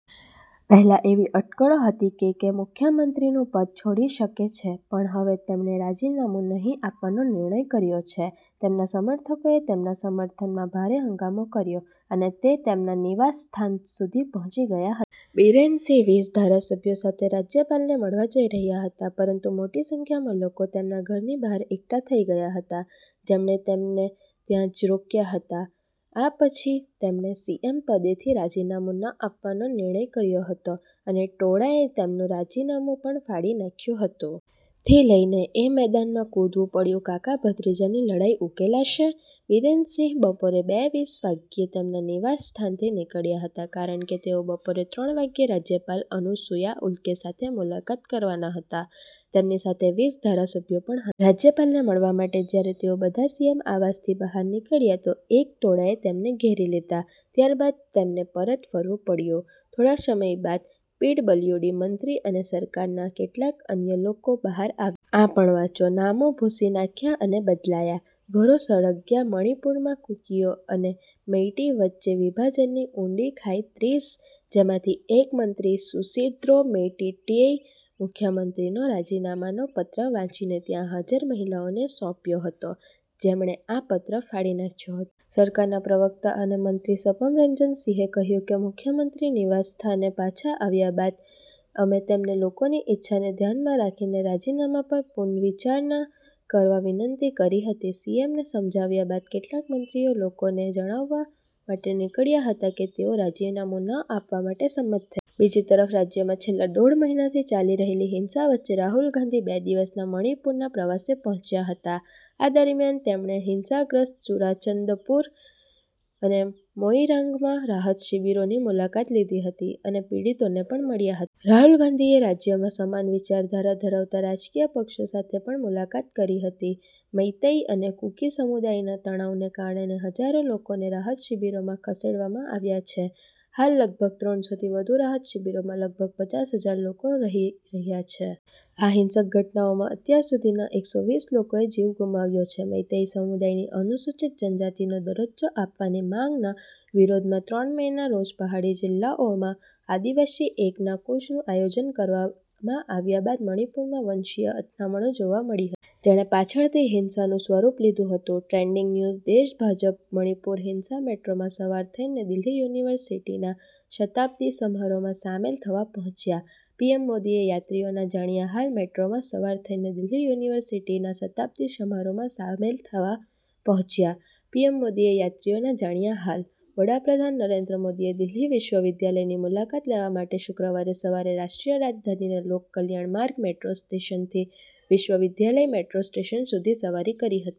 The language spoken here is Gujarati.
પહેલા એવી અટકળો હતી કે કે મુખ્યમંત્રીનું પદ છોડી શકે છે પણ હવે તેમણે રાજીનામું નહીં આપવાનો નિર્ણય કર્યો છે. તેમના સમર્થકોએ તેમના સમર્થનમાં ભારે હંગામો કર્યો અને તે તેમના નિવાસસ્થાન સુધી પહોંચી ગયા હતા. બિરેન સિંહ વીસ ધારાસભ્યો સાથે રાજ્યપાલને મળવા જઈ રહ્યા હતા પરંતુ મોટી સંખ્યામાં લોકો તેમના ઘરની બહાર એકઠા થઈ ગયા હતા. જેમણે તેમને ત્યાં જ રોક્યા હતા. આ પછી તેમણે સીએમ પદેથી રાજીનામું ન આપવાનો નિર્ણય કર્યો હતો અને ટોળાએ તેમનું રાજીનામું પણ ફાડી નાખ્યું હતું. થી લઈને એ મેદાનમાં કૂદવું પડ્યું કાકા-ભત્રીજાની લડાઈ ઉકેલાશે? બિરેન સિંહ બપોરે બે વીસ વાગ્યે તેમના નિવાસસ્થાનથી નીકળ્યા હતા કારણ કે તેઓ બપોરે ત્રણ વાગ્યે રાજ્યપાલ અનુસુયા ઉલ્કે સાથે મુલાકાત કરવાના હતા. તેમની સાથે વીસ ધારાસભ્યો પણ હતા. રાજ્યપાલને મળવા માટે જ્યારે તેઓ બધા સીએમ આવાસથી બહાર નીકળ્યા તો એક ટોળાએ તેમને ઘેરી લીધા. ત્યારબાદ તેમને પરત ફરવું પડ્યું. થોડા સમય બાદ પીડબલ્યુડી મંત્રી અને સરકારના કેટલાક અન્ય લોકો બહાર આવ્યા. આ પણ વાંચો નામો ભૂંસી નાખ્યા અને બદલાયા, ઘરો સળગ્યા મણિપુરમાં કુકીઓ અને મેઇટી વચ્ચે વિભાજનની ઊંડી ખાઈ ત્રીસ, જેમાંથી એક મંત્રી સુસિડ્રો મેટિટેઈએ મુખ્યમંત્રીનો રાજીનામાનો પત્ર વાંચીને ત્યાં હાજર મહિલાઓને સોંપ્યો હતો, જેમણે આ પત્ર ફાડી નાખ્યો હતો. સરકારના પ્રવક્તા અને મંત્રી સપમ રંજન સિંહે કહ્યું કે મુખ્યમંત્રી નિવાસસ્થાને પાછા આવ્યા બાદ અમે તેમને લોકોની ઇચ્છાને ધ્યાનમાં રાખીને રાજીનામા પર પુનર્વિચારણા કરવા વિનંતી કરી હતી સીએમને સમજાવ્યા બાદ કેટલાક મંત્રીઓ લોકોને જણાવવા માટે નીકળ્યા હતા કે તેઓ રાજીનામું ન આપવા માટે સંમત થયા છે. બીજી તરફ રાજ્યમાં છેલ્લા દોઢ મહિનાથી ચાલી રહેલી હિંસા વચ્ચે રાહુલ ગાંધી બે દિવસના મણિપુરના પ્રવાસે પહોંચ્યા હતા. આ દરમિયાન તેમણે હિંસાગ્રસ્ત ચુરાચંદપુર અને મોઈરાંગમાં રાહત શિબિરોની મુલાકાત લીધી હતી અને પીડિતોને પણ મળ્યા હતા. રાહુલ ગાંધીએ રાજ્યમાં સમાન વિચારધારા ધરાવતા રાજકીય પક્ષો સાથે પણ મુલાકાત કરી હતી. મૈતેઈ અને કુકી સમુદાયના તણાવને કારણે હજારો લોકોને રાહત શિબિરોમાં ખસેડવામાં આવ્યા છે. હાલ લગભગ ત્રણસોથી વધુ રાહત શિબિરોમાં લગભગ પચાસ હજાર લોકો રહી રહ્યા છે. આ હિંસક ઘટનાઓમાં અત્યાર સુધીમાં એકસો વીસ લોકોએ જીવ ગુમાવ્યો છે. મૈતેઇ સમુદાયની અનુસૂચિત જનજાતિ નો દરજ્જો આપવાની માંગના વિરોધમાં ત્રણ મેના રોજ પહાડી જિલ્લાઓમાં આદિવાસી એકતા કૂચનું આયોજન કરવામાં આવ્યા બાદ મણિપુરમાં વંશીય અથડામણો જોવા મળી હતી. જેણે પાછળથી હિંસાનું સ્વરૂપ લીધું હતું. ટ્રેન્ડિંગ ન્યૂઝ દેશ ભાજપ મણિપુરહિંસા મેટ્રોમાં સવાર થઈને દિલ્હી યુનિવર્સિટીના શતાબ્દી સમારોહમાં સામેલ થવા પહોંચ્યા, પીએમ મોદીએ યાત્રીઓના જાણ્યા હાલ મેટ્રોમાં સવાર થઈને દિલ્હી યુનિવર્સિટીના શતાબ્દી સમારોહમાં સામેલ થવા પહોંચ્યા, પીએમ મોદીએ યાત્રીઓના જાણ્યા હાલ, વડાપ્રધાન નરેન્દ્ર મોદીએ દિલ્હી વિશ્વવિદ્યાલયની મુલાકાત લેવા માટે શુક્રવારે સવારે રાષ્ટ્રીય રાજધાનીના લોક કલ્યાણ માર્ગ મેટ્રો સ્ટેશનથી વિશ્વ વિદ્યાલય મેટ્રો સ્ટેશન સુધી સવારી કરી હતી.